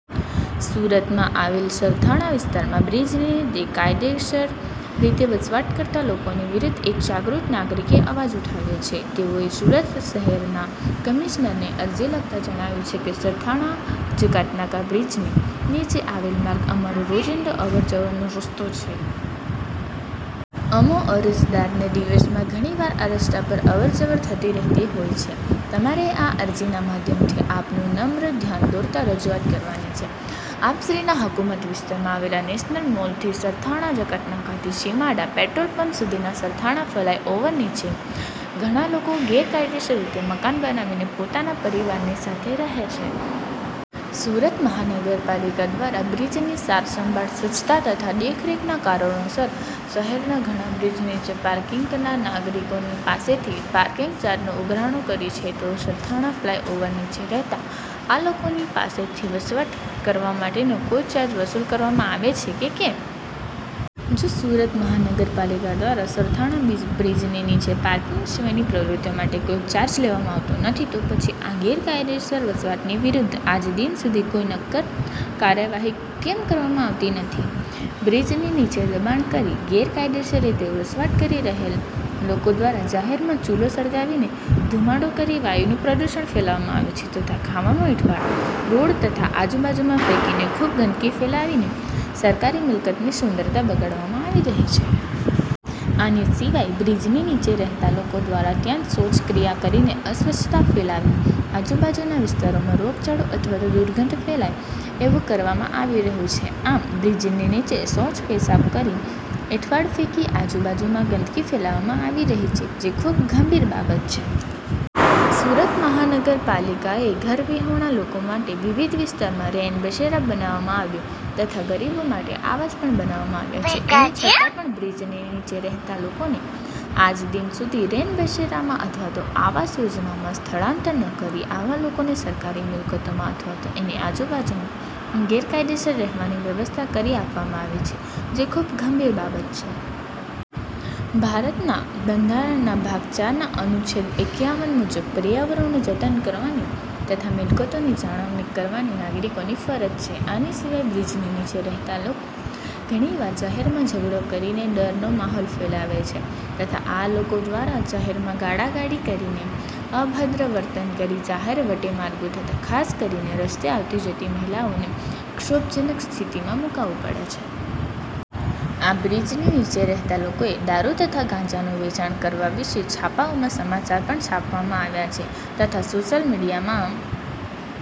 સુરતમાં આવેલ સરથાણા વિસ્તારમાં બ્રિજની નીચે ગેરકાયદેસર રીતે વસવાટ કરતાં લોકોની વિરુદ્ધ એક જાગૃત નાગરિકે અવાજ ઉઠાવ્યો છે. તેઓએ સુરત શહેરના કમિશનરને અરજી લખતા જણાવ્યું છે કે, સરથાણા જકાતનાકા બ્રીજની નીચે આવેલ માર્ગ અમારો રોજિંદો અવર-જવરનો રસ્તો છે. અમો અરજદારને દિવસમાં ઘણીવાર આ રસ્તા પર અવર-જવર થતી રહેતી હોય છે ત્યારે આ અરજીના માધ્યમથી આપનું નમ્ર ધ્યાન દોરતા રજૂઆત કરવાની છે. આપશ્રીના હકૂમત વિસ્તારમાં આવેલ નેશનલ મોલથી સરથાણા જકાતનાકાથી સીમાડા પેટ્રોલપંપ સુધીના સરથાણા ફલાય ઓવરની નીચે ઘણા લોકો ગેરકાયદેસર રીતે મકાન બનાવીને પોતાના પરિવારની સાથે રહે છે. સુરત મહાનગરપાલિકા દ્વારા બ્રિજની સારસંભાળ, સ્વચ્છતા તથા દેખરેખના કારણોસાર શહેરના ઘણાં બ્રિજની નીચે પાર્કિંગ કરનાર નાગરિકોની પાસેથી પાર્કિંગ ચાર્જનું ઉઘરાણું કરે છે તો સરથાણા ફલાય ઓવર નીચે રહેતા આ લોકોની પાસેથી પણ વસવાટ કરવા માટેનો કોઈ ચાર્જ વસૂલ કરવામાં આવે છે કે કેમ? જો સુરત મહાનગરપાલિકા દ્વારા સરથાણા બ્રિજની નીચે પાર્કિંગ સિવાયની પ્રવૃતિ માટે કોઈ ચાર્જ લેવામા આવતો નથી તો પછી આ ગેરકાયદેસર વસવાટની વિરુદ્ધ આજદિન સુધી કોઈ નક્કર કાર્યવાહી કેમ કરવામાં આવતી નથી? બ્રિજની નીચે દબાણ કરી ગેરકાયદેસર રીતે વસવાટ કરી રહેલ લોકો દ્વારા જાહેરમાં ચુલો સળગાવીને ધુમાડો કરી વાયુનું પ્રદૂષણ ફેલાવવામાં આવે છે તથા ખાવાનો એંઠવાડ રોડ પર તથા આજુબાજુમાં ફેંકીને ખુબ ગંદકી ફેલાવીને સરકારી મિલકતની સુંદરતા બગાડવામાં આવી રહી છે. આની સિવાય બ્રિજની નીચે રહેતા લોકો દ્વારા ત્યાં જ શૌચક્રિયા કરીને અસ્વચ્છતા ફેલાવી આજુબાજુના વિસ્તારમાં રોગચાળો અથવા તો દુર્ગંધ ફેલાય એવું કરવામાં આવી રહ્યું છે. આમ, બ્રિજની નીચે શૌચ-પેશાબ કરી, એંઠવાડ ફેંકી આજુબાજુમાં ગંદકી ફેલાવવામાં આવી રહી છે જે ખુબ ગંભીર બાબત છે. સુરત મહાનગરપાલિકાએ ઘરવિહોણા લોકો માટે વિવિધ વિસ્તારમાં રેન બસેરા બનાવવામાં આવ્યુ તથા ગરીબો માટે આવાસ પણ બનાવવામાં આવ્યા છે. એમ છતાં પણ બ્રિજ નીચે રહેતા લોકોને આજદિન સુધી રેનબસેરામાં અથવા તો આવાસ યોજનામાં સ્થળાંતર ન કરી, આવા લોકોને સરકારી મિકલતોમાં અથવા તો એની આજુબાજુમાં ગેરકાયદેસર રહેવાની વ્યવસ્થા કરી આપવામાં આવી છે જે ખુબ ગંભીર બાબત છે. ભારતના બંધારણના ભાગ ચાર ના અનુચ્છેદ એક્યાવન મુજબ પર્યાવરણનું જતન કરવાની તથા મિલકતોની જાળવણી કરવાની નાગરિકોની ફરજ છે. આની સિવાય બ્રિજની નીચે રહેતાં લોકો ઘણીવાર જાહેરમાં ઝઘડો કરીને ડરનો માહોલ ફેલાવે છે તથા આ લોકો દ્વારા જાહેરમાં ગાળાગાળી કરીને અભદ્ર વર્તન કરી જાહેર વટેમાર્ગુ તથા ખાસ કરીને રસ્તે આવતી-જતી મહિલાઓને ક્ષોભજનક સ્થિતિમાં મુકાવું પડે છે. આ બ્રિજની નીચે રહેતા લોકોએ દારૂ તથા ગાંજાનું વેચાણ કરવા વિશે છાપાઓમાં સમાચાર પણ છાપવામાં આવ્યાં છે તથા સોશિયલ મીડીયામાં